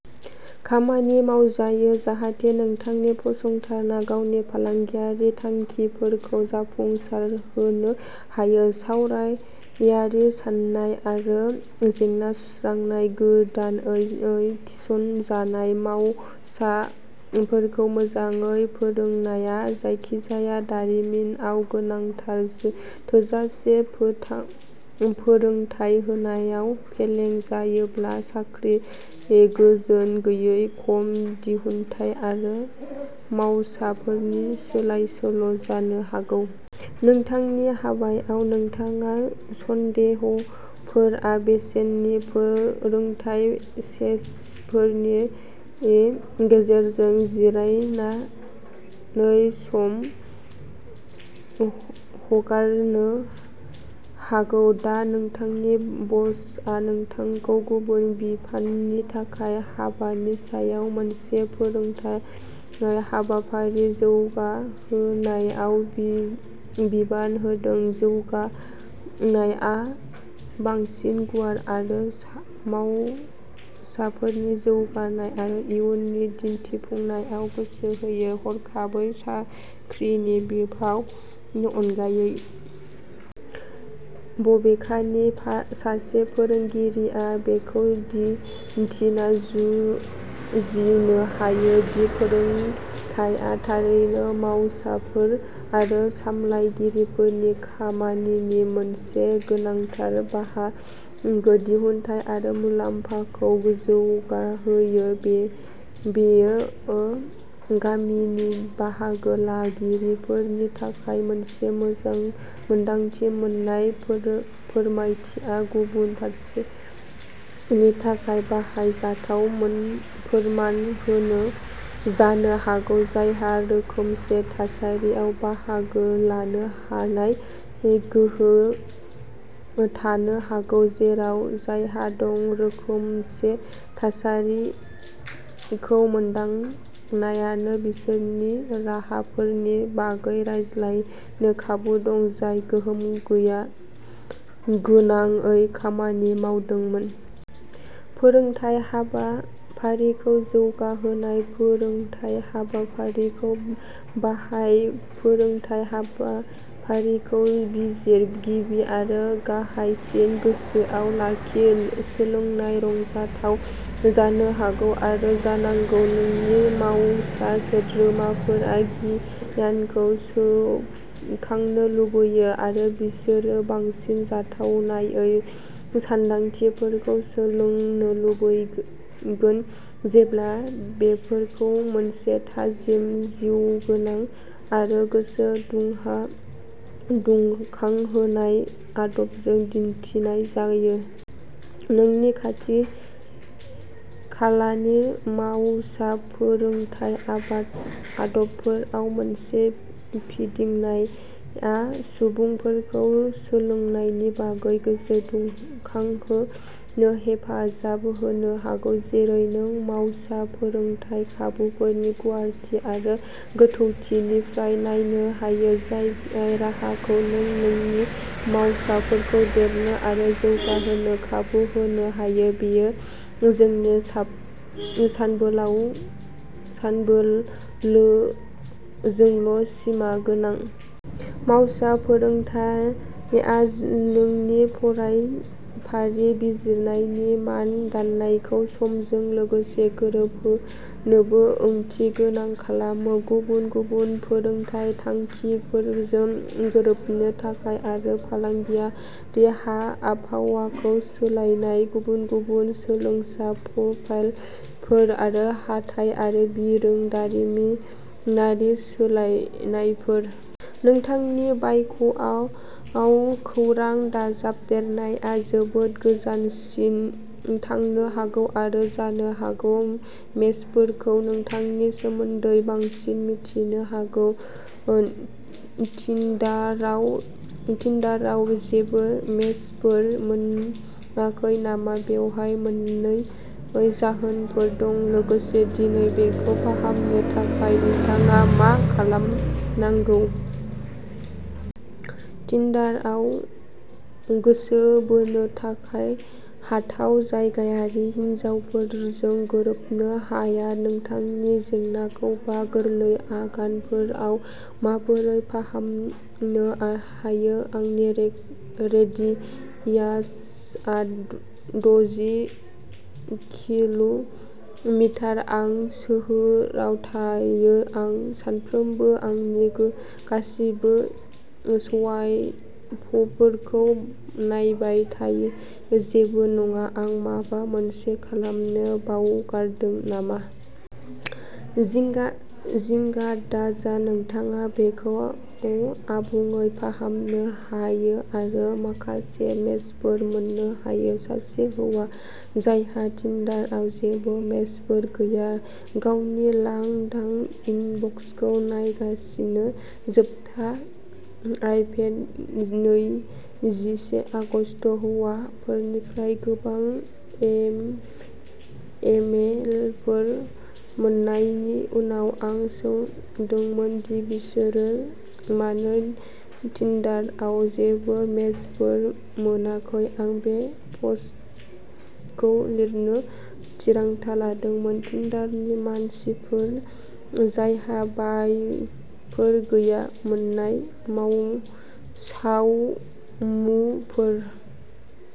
खामानि मावजायो जाहाथे नोंथांनि फसंथाना गावनि फालांगियारि थांखिफोरखौ जाफुंसारहोनो हायो। सावरायारि साननाय आरो जेंना सुस्रांनाय। गोदानै थिसनजानाय मावसाफोरखौ मोजाङै फोरोंनाया जायखिजाया दारिमिनाव गोनांथार। थोजासे फोरोंथाय होनायाव फेलें जायोब्ला साख्रि गोजोन गैयै, खम दिहुनथाइ आरो मावसाफोरनि सोलाय-सोल' जानो हागौ। नोंथांनि हाबायाव, नोंथाङा सन्देहगोनां बेसेननि फोरोंथाय सेसनफोरनि गेजेरजों जिरायनानै सम हगारनो हागौ। दा नोंथांनि बसआ नोंथांखौ गुबुन बिफाननि थाखाय हाबानि सायाव मोनसे फोरोंथाय हाबाफारि जौगाहोनायाव बिबान होदों। जौगानायआ बांसिन गुवार आरो मावसाफोरनि जौगानाय आरो इयुननि दिन्थिफुंनायाव गोसो होयो, हरखाब साख्रिनि बिफावनि अनगायै। बबेखानि, सासे फोरोंगिरिया बेखौ दिन्थिना जुजिनो हायो दि फोरोंथाया थारैनो मावसाफोर आरो सामलायगिरिफोरनि खामानिनि मोनसे गोनांथार बाहागो। दिहुनथाइ आरो मुलाम्फाखौ जौगाहोयो। बेयो गासिबो बाहागो लागिरिफोरनि थाखाय मोनसे मोजां मोन्दांथि मोन्नाय फोरमायथिया गुबुनफोरनि थाखाय बाहायजाथाव फोरमान जानो हागौ जायहा रोखोमसे थासारियाव बाहागो लानो हानाय गोहो थानो हागौ, जेराव जायहा दं रोखोमसे थासारिखौ मोनदांनायानो बिसोरनि राहाफोरनि बागै रायज्लायनो खाबु दं जाय गोहोम गोनाङै खामानि मावदोंमोन। फोरोंथाय हाबाफारिखौ जौगाहोनाय। फोरोंथाय हाबाफारिखौ बाहाय। फोरोंथाय हाबाफारिखौ बिजिर। गिबि आरो गाहायसिन, गोसोआव लाखि सोलोंनाया रंजाथाव जानो हागौ आरो जानांगौ। नोंनि मावसा सोद्रोमाफोरा गियानखौ सोबखांनो लुबैयो, आरो बिसोरो बांसिन जाथावनायै सानदांथिफोरखौ सोलोंनो लुबैगोन जेब्ला बेफोरखौ मोनसे थाजिम, जिउगोनां आरो गोसो दुंखांहोनाय आदबजों दिन्थिनाय जायो। नोंनि आथिखालनि मावसा फोरोंथाय आदबफोराव मोनसे फिदिंनाया सुबुंफोरखौ सोलोंनायनि बागै गोसो दुंखांहोनो हेफाजाब होनो हागौ। जेरै नों मावसा फोरोंथाय खाबुफोरनि गुवारथि आरो गोथौथिनिफ्राय नायनो हायो, जाय राहाजों नों नोंनि मावसाफोरखौ देरनो आरो जौगाहोनो खाबु होनो हायो बेयो नोंनि सानबोलोजोंल' सिमा गोनां। मावसा फोरोंथाया नोंनि फरायफारि बिजिरनायनि मान दान्दाखौ समजों लोगोसे गोरोब होनोबो ओंथि गोनां खालामो, गुबुन गुबुन फोरोंथाय थांखिफोरजों गोरोबनो थाखाय। आरो फालांगियारि आबहावाखौ सोलायनाय, गुबुन गुबुन सोलोंसा प्रफाइलफोर, आरो हाथाइ आरो बिरोंदामिनारि सोलायनायफोर। नोंथांनि बाय'आव खौरां दाजाबदेरनाया जोबोद गोजानसिम थांनो हागौ आरो जानो हाथाव मेचफोरखौ नोंथांनि सोमोन्दै बांसिन मिथिनो हागोन। टिन्डाराव जेबो मेचफोर मोनाखै नामा? बेवहाय मोननै जाहोनफोर दं, लोगोसे दिनै बेखौ फाहामनो थाखाय नोंथाङा मा खालामनांगौ। टिन्डाराव गोसो बोनो हाथाव जायगायारि हिनजावफोरजों गोरोबनो हाया नोंथांनि जेंनाखौ बा गोरलै आगानफोराव माबोरै फाहामनो हायो आंनि रेडियासआ दजि किल'मिटार। आं सोहोराव थायो। आं सानफ्रोमबो आंनि गासिबो स्वाइपफोरखौ नायबाय थायो। जेबो नङा? आं माबा मोनसे खालामनो बावगारदों नामा? जिंगा दाजा नोंथाङा बेखौ आबुङै फाहामनो हायो आरो माखासे मेचफोर मोननो हायो। सासे हौवा जायहा टिन्डाराव जेबो मेचफोर गैया, गावनि लांदां इनबक्सखौ नायगासिनो। जोबथा आपदेट नैजिसे आगस्त हौवाफोरनिफ्राय गोबां इमेलफोर मोननायनि उनाव, आं सोंदोंमोन दि बिसोर मानो टिन्डाराव जेबो मेचफोर मोनाखै, आं बे पस्टखौ लिरनो थिरांथा लादोंमोन। टिन्डारनि मानसिफोर जायहा बाय'फोर गैया, मोनथाम सावमुफोर।